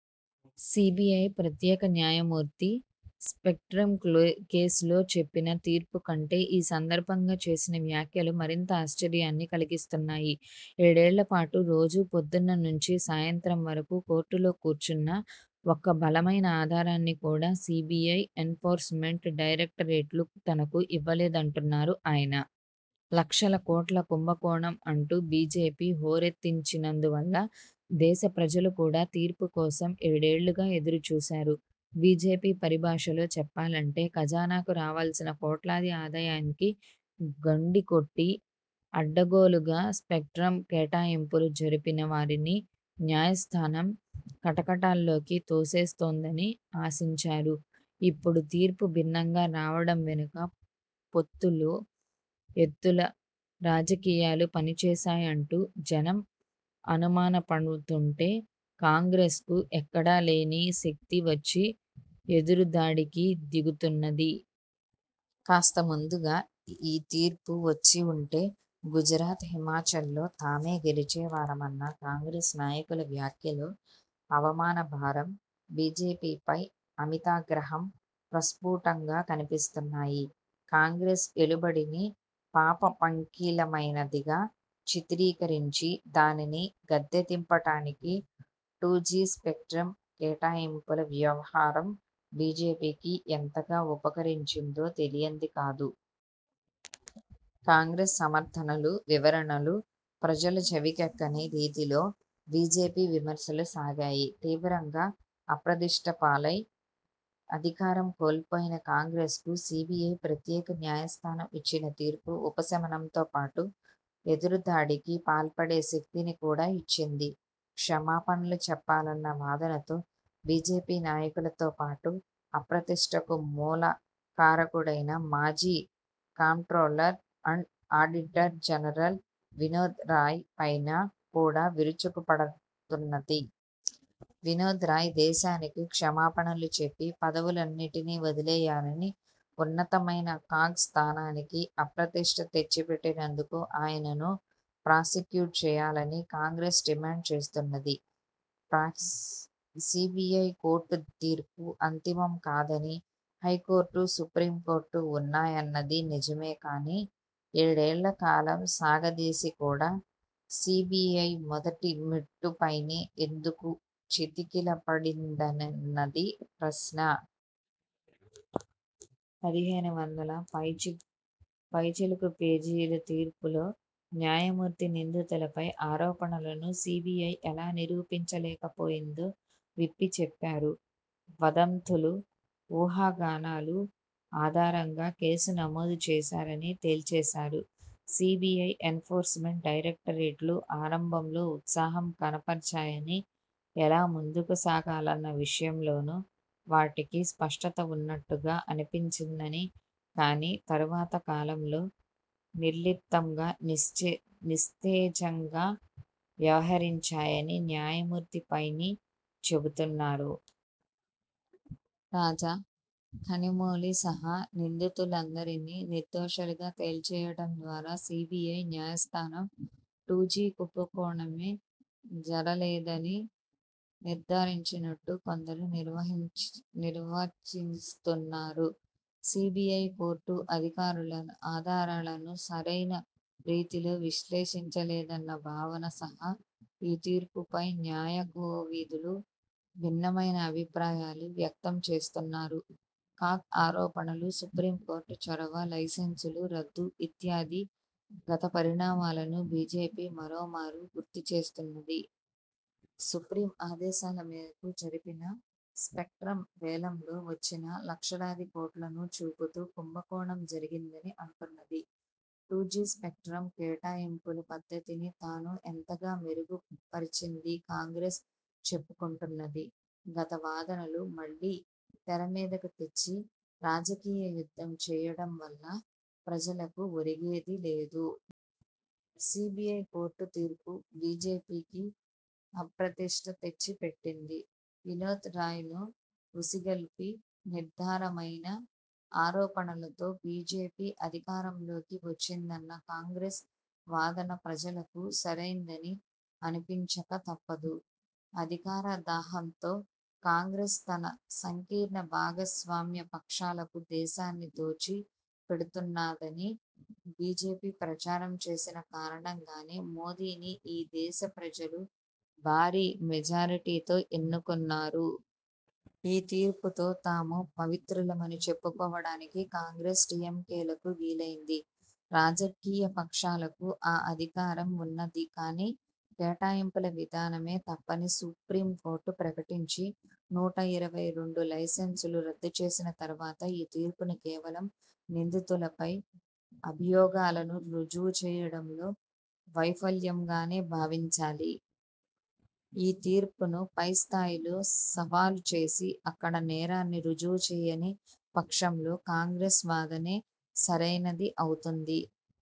CBI ప్రత్యేక న్యాయమూర్తి spectrum కేసులో చెప్పిన తీర్పు కంటే, ఈ సందర్భంగా చేసిన వ్యాఖ్యలు మరింత ఆశ్చర్యాన్ని కలిగిస్తున్నాయి. ఏడేళ్ళపాటు రోజూ పొద్దున్న నుంచి సాయంత్రం వరకూ కోర్టులో కూర్చున్నా, ఒక్క బలమైన ఆధారాన్ని కూడా సీబీఐ, ఎన్ఫోర్స్ మెంట్ డైరక్టరేట్లు తనకు ఇవ్వలేదంటున్నారు ఆయన. లక్షల కోట్ల కుంభకోణం అంటూ బీజేపీ హోరెత్తించినందువల్ల దేశ ప్రజలు కూడా తీర్పు కోసం ఏడేళ్ళుగా ఎదురు చూశారు. బీజేపీ పరిభాషలో చెప్పాలంటే, ఖజనాకు రావాల్సిన కోట్లాది ఆదాయానికి గండికొట్టి అడ్డగోలుగా స్పెక్ట్రమ్ కేటాయింపులు జరిపిన వారిని న్యాయస్థానం కటకటాల్లోకి తోసేస్తుందని ఆశించారు. ఇప్పుడు తీర్పు భిన్నంగా రావడం వెనుక పొత్తులూ ఎత్తుల రాజకీయాలు పని చేశాయంటూ జనం అనుమానపడుతుంటే, కాంగ్రెస్కు ఎక్కడలేని శక్తీ వచ్చి ఎదురు దాడికి దిగుతున్నది. కాస్త ముందుగా ఈ తీర్పు వచ్చివుంటే గుజరాత్, హిమాచల్లో తామే గెలిచే వారమన్న కాంగ్రెస్ నాయకుల వ్యాఖ్యలో అవమాన భారం, బీజేపీపై అమితాగ్రహం ప్రస్ఫుటంగా కనిపిస్తున్నాయి. కాంగ్రెస్ ఏలుబడిని పాప పంకిలమైనదిగా చిత్రీకరించి, దానిని గద్దె దింపడానికి టూ జీ స్పెక్ట్రమ్ కేటాయింపుల వ్యవహారం బీజేపీకి ఎంతగా ఉపకరించిందో తెలియంది కాదు. కాంగ్రెస్ సమర్థనలు, వివరణలు ప్రజల చెవికెక్కని రీతిలో బీజేపీ విమర్శలు సాగాయి. తీవ్రంగా అప్రదిష్టపాలై, అధికారం కోల్పోయిన కాంగ్రెస్కు సీబీఐ ప్రత్యేక న్యాయస్థానం ఇచ్చిన తీర్పు ఉపశమనంతో పాటు ఎదురుదాడికి పాల్పడే శక్తిని కూడా ఇచ్చింది. క్షమాపణలు చెప్పాలన్న వాదనతో బీజేపీ నాయకులతో పాటు, అప్రదిష్టకు మూల కారకుడైన మాజీ comptroller and auditor general Vinod Rai పైన కూడా విరుచుకుపడుతున్నది. వినోద్ రాయ్ దేశానికి క్షమాపణలు చెప్పి పదవులన్నింటినీ వదిలేయాలనీ, ఉన్నతమైన కాగ్ స్థానానికి అప్రదిష్ట తెచ్చిపెట్టినందుకు ఆయనను ప్రాసిక్యూట్ చేయాలని కాంగ్రెస్ డిమాండ్ చేస్తున్నది. సీబీఐ కోర్టు తీర్పు అంతిమం కాదనీ, హైకోర్టు, సుప్రీంకోర్టూ ఉన్నాయన్నది నిజమే కానీ, ఏడేళ్ళ కాలం సాగదీసి కూడా సీబీఐ మొదటి మెట్టుపైనే ఎందుకు చతికిలబడిందన్నది ప్రశ్న. పదిహేనువందల పైచిలుకు పేజీల తీర్పులో న్యాయమూర్తి నిందితులపై ఆరోపణలను సీబీఐ ఎలా నిరూపించలేకపోయిందో విప్పి చెప్పారు. వదంతులు, ఊహాగానాల ఆధారంగా కేసు నమోదు చేశారని తేల్చేశారు. సీబీఐ, ఎన్ఫోర్స్మెంట్ డైరక్టరేట్లు ఆరంభంలో ఉత్సాహం కనబరచాయనీ, ఎలా ముందుకు సాగాలన్న విషయంలోనూ వాటికి స్పష్టత ఉన్నట్టుగా అనిపించిందనీ, కానీ తరువాత కాలంలో నిర్లిప్తంగా, నిస్తేజంగా వ్యవహరించాయని న్యాయమూర్తి సైనీ చెబుతున్నారు. రాజా, కనిమొళి సహా నిందితులందరినీ నిర్దోషులుగా తేల్చేయడం ద్వారా సీబీఐ న్యాయస్థానం టూ జీ కుంభకోణమే జరలేదని నిర్ధారించినట్టు కొందరు నిర్వచిస్తున్నారు. సీబీఐ కోర్టు ఆధారాలను సరైన రీతిలో విశ్లేషించలేదన్న భావన సహా ఈ తీర్పుపై న్యాయకోవిదులు భిన్నమైన అభిప్రాయాలు వ్యక్తంచేస్తున్నారు. కాగ్ ఆరోపణలు, సుప్రీంకోర్టు చొరవ, లైసెన్సుల రద్దు ఇత్యాది గత పరిణామాలను బీజేపీ మరోమారు గుర్తుచేస్తున్నది. సుప్రీం ఆదేశాల మేరకు జరిపిన స్పెక్ట్రమ్ వేలంలో వచ్చిన లక్షలాది కోట్లను చూపుతూ కుంభకోణం జరిగిందని అంటున్నది. టూ జీ స్పెక్ట్రమ్ కేటాయింపుల పద్ధతిని తాను ఎంతగా మెరుగు పరచిందీ కాంగ్రెస్ చెప్పుకుంటున్నది. గత వాదనలు మళ్ళీ తెరమీదకు తెచ్చి రాజకీయ యుద్ధం చేయడం వల్ల ప్రజలకు ఒరిగేదీ లేదు. సీబీఐ కోర్టు తీర్పు బీజేపీకి అప్రదిష్ట తెచ్చిపెట్టింది. వినోద్ రాయ్ ను ఉసిగొల్పి, నిరాధారమైన ఆరోపణలతో బీజేపీ అధికారంలోకి వచ్చిందన్న కాంగ్రెస్ వాదన ప్రజలకు సరైనదని అనిపించక తప్పదు. అధికార దాహంతో కాంగ్రెస్ తన సంకీర్ణ భాగస్వామ్య పక్షాలకు దేశాన్ని దోచి పెడుతున్నదని బీజేపీ ప్రచారం చేసిన కారణంగానే, మోదీని ఈ దేశ ప్రజలు భారీ మెజారిటీతో ఎన్నుకున్నారు. ఈ తీర్పుతో తాము పవిత్రులమని చెప్పుకోవడానికి కాంగ్రెస్, డీఎంకేలకు వీలైంది. రాజకీయపక్షాలకు ఆ అధికారం ఉన్నది కానీ, కేటాయింపుల విధానమే తప్పని సుప్రీంకోర్టు ప్రకటించి, నూట ఇరవై రెండు లైసెన్సులు రద్దుచేసిన తరువాత, ఈ తీర్పును కేవలం నిందితులపై అభియోగాలను రుజువు చేయడంలో వైఫల్యంగానే భావించాలి. ఈ తీర్పును పైస్థాయిలో సవాలు చేసి, అక్కడ నేరాన్ని రుజువుచేయని పక్షంలో కాంగ్రెస్ వాదనే సరైనది అవుతుంది.